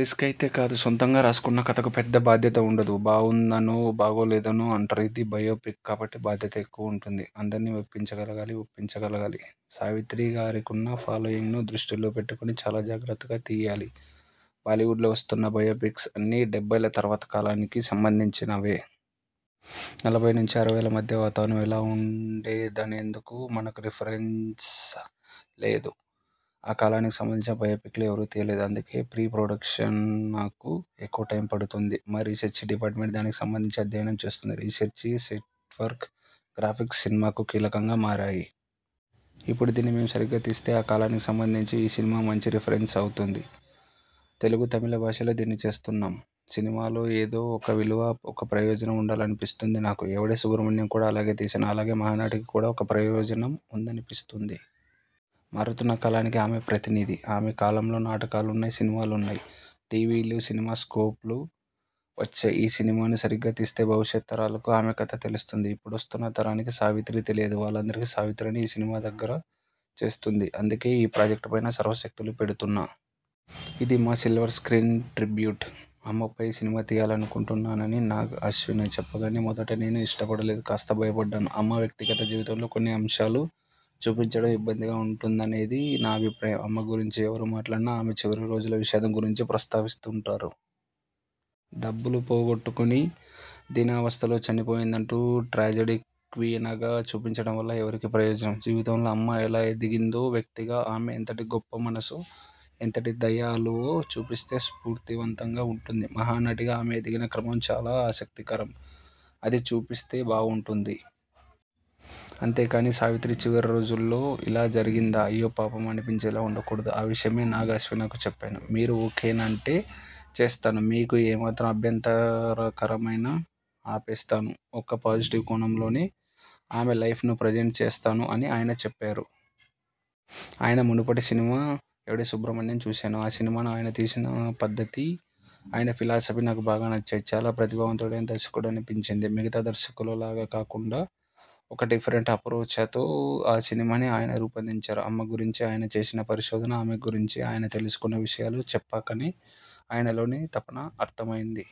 Risk అయితే కాదు. సొంతంగా రాసుకున్న కథకు పెద్ద బాధ్యత ఉండదు. బావుందనో, బాగోలేదనో అంటారు. ఇది బయోపిక్ కాబట్టి బాధ్యత ఎక్కువుంటుంది. అందర్నీ మెప్పించగలగాలి, ఒప్పించగలగాలి. సావిత్రి గారికున్న ఫాలోయింగ్ను దృష్టిలో పెట్టుకొని చాలా జాగ్రత్తగా తియ్యాలి. బాలీవుడ్లో వస్తున్న బయోపిక్స్ అన్నీ డెబ్బైల తర్వాత కాలానికి సంబంధించినవే. నలభై నుంచి అరవైల మధ్య వాతావరణం ఎలా ఉండేదనేందుకు మనకు రిఫరెన్స లేదు. ఆ కాలానికి సంబంధించిన బయోపిక్లు ఎవరూ తియ్యలేదు. అందుకే ప్రీ ప్రొడక్షనకు ఎక్కువ టైమ్ పడుతోంది. మా రిసెర్చి డిపార్ట్మెంట్ దానికి సంబంధించి అధ్యయనం చేస్తోంది. Research, network, graphics. సినిమాకు కీలకంగా మారాయి. ఇప్పుడు దీన్ని మేం సరిగ్గా తీస్తే, ఆ కాలానికి సంబంధించి ఈ సినిమా మంచి రిఫరెన్స అవుతుంది. తెలుగు, తమిళ భాషల్లో దీన్ని చేస్తున్నాం. సినిమాలో ఏదో ఒక విలువ, ఒక ప్రయోజనం ఉండాలనిపిస్తుంది నాకు. 'ఎవడే సుబ్రమణ్యం' కూడా అలాగే తీశాను. అలాగే 'మహానటి'కి కూడా ఒక ప్రయోజనం ఉందనిపిస్తుంది. మారుతున్న కాలానికి ఆమె ప్రతినిధి. ఆమె కాలంలో నాటకాలున్నాయి, సినిమాలున్నాయి. టీవీలు, సినిమాస్కోప్లు వచ్చాయి. ఈ సినిమాను సరిగ్గా తీస్తే భవిష్యత్ తరాలకు ఆమె కథ తెలుస్తుంది. ఇప్పుడొస్తున్న తరానికి సావిత్రి తెలీదు. వాళ్లందరికీ సావిత్రిని ఈ సినిమా దగ్గర చేస్తుంది. అందుకే ఈ ప్రాజెక్ట్ పైనా సర్వశక్తులూ పెడుతున్నా. ఇది మా సిల్వర్ స్ర్కీన్ ట్రిబ్యూట్! అమ్మపై సినిమా తీయాలనుకుంటున్నానని నాగ్ అశ్విన చెప్పగానే మొదట నేను ఇష్టపడలేదు. కాస్త భయపడ్డాను. అమ్మ వ్యక్తిగత జీవితంలోని కొన్ని అంశాలు చూపించడం ఇబ్బందిగా ఉంటుందనేది నా అభిప్రాయం. అమ్మ గురించి ఎవరు మాట్లాడినా ఆమె చివరి రోజుల విషాదం గురించి ప్రస్తావిస్తుంటారు. డబ్బులు పోగొట్టుకొని దీనావస్థలో చనిపోయిందంటూ ట్రాజెడీ క్వీనగా చూపించడం వల్ల ఎవరికి ప్రయోజనం? జీవితంలో అమ్మ ఎలా ఎదిగిందో, వ్యక్తిగా ఆమెది ఎంతటి గొప్ప మనసో, ఎంతటి దయాళువో చూపిస్తే స్ఫూర్తివంతంగా ఉంటుంది. 'మహానటి'గా ఆమె ఎదిగిన క్రమం చాలా ఆసక్తికరం. అది చూపిస్తే బాగుంటుంది. అంతే కానీ 'సావిత్రి చివరి రోజుల్లో ఇలా జరిగిందా? అయ్యో పాపం' అనిపించేలా ఉండకూడదు. ఆ విషయమే నాగ్ అశ్వినకు చెప్పాను. 'మీరు ఓకేనంటే చేస్తాను. మీకు ఏ మాత్రం అభ్యంతరకరమైనా ఆపేస్తాను. ఒక పాజిటివ్ కోణంలోనే ఆమె లైఫ్ను ప్రెజెంట్ చేస్తాను' అని ఆయన చెప్పారు. ఆయన మునుపటి సినిమా 'ఎవడే సుబ్రమణ్యం' చూశాను. ఆ సినిమాను ఆయన తీసిన పద్ధతీ, ఆయన ఫిలాసఫీ నాకు బాగా నచ్చాయి. చాలా ప్రతిభావంతుడైన దర్శకుడనిపించింది. మిగతా దర్శకుల లాగా కాకుండా ఒక డిఫరెంట్ అప్రోచతో ఆ సినిమాని ఆయన రూపొందించారు. అమ్మ గురించి ఆయన చేసిన పరిశోధన, ఆమె గురించి ఆయన తెలుసుకున్న విషయాలు చెప్పాకనే ఆయనలోని తపన అర్థమైంది.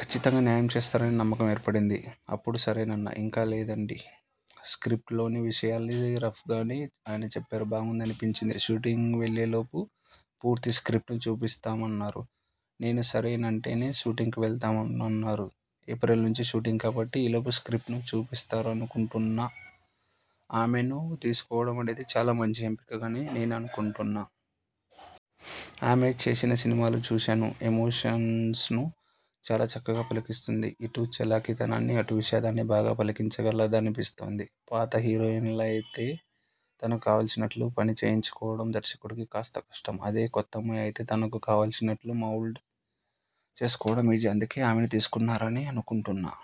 కచ్చితంగా న్యాయం చేస్తారనే నమ్మకం ఏర్పడింది. అప్పుడు సరేనన్నా. ఇంకా లేదండీ. స్ర్కిప్టులోని విషయాల్ని రఫ్గానే ఆయన చెప్పారు. బాగుందనిపించింది. షూటింగ్ వెళ్లేలోపు పూర్తి స్ర్కిప్టును చూపిస్తామన్నారు. నేను సరేనంటేనే షూటింగ్కు వెళ్తానన్నారు. ఏప్రిల్ నుంచి షూటింగ్ కాబట్టి ఈలోపు స్ర్కిప్టును చూపిస్తారనుకుంటున్నా. ఆమెను తీసుకోవడమనేది చాలా మంచి ఎంపికగానే నేననుకుంటున్నా. ఆమె చేసిన సినిమాలు చూశాను. ఎమోషన్స్ను చాలా చక్కగా పలికిస్తుంది. ఇటు చలాకీతనాన్నీ, అటు విషాదాన్నీ బాగా పలికించగలదనిపిస్తోంది. పాత హీరోయినలనైతే తనకు కావాల్సినట్లు పనిచేయించుకోవడం దర్శకుడికి కాస్త కష్టం. అదే కొత్తమ్మాయి అయితే తనకు కావాల్సినట్లు మౌల్డ్ చేసుకోవడం ఈజీ. అందుకే ఆమెను తీసుకున్నారని అనుకుంటున్నా.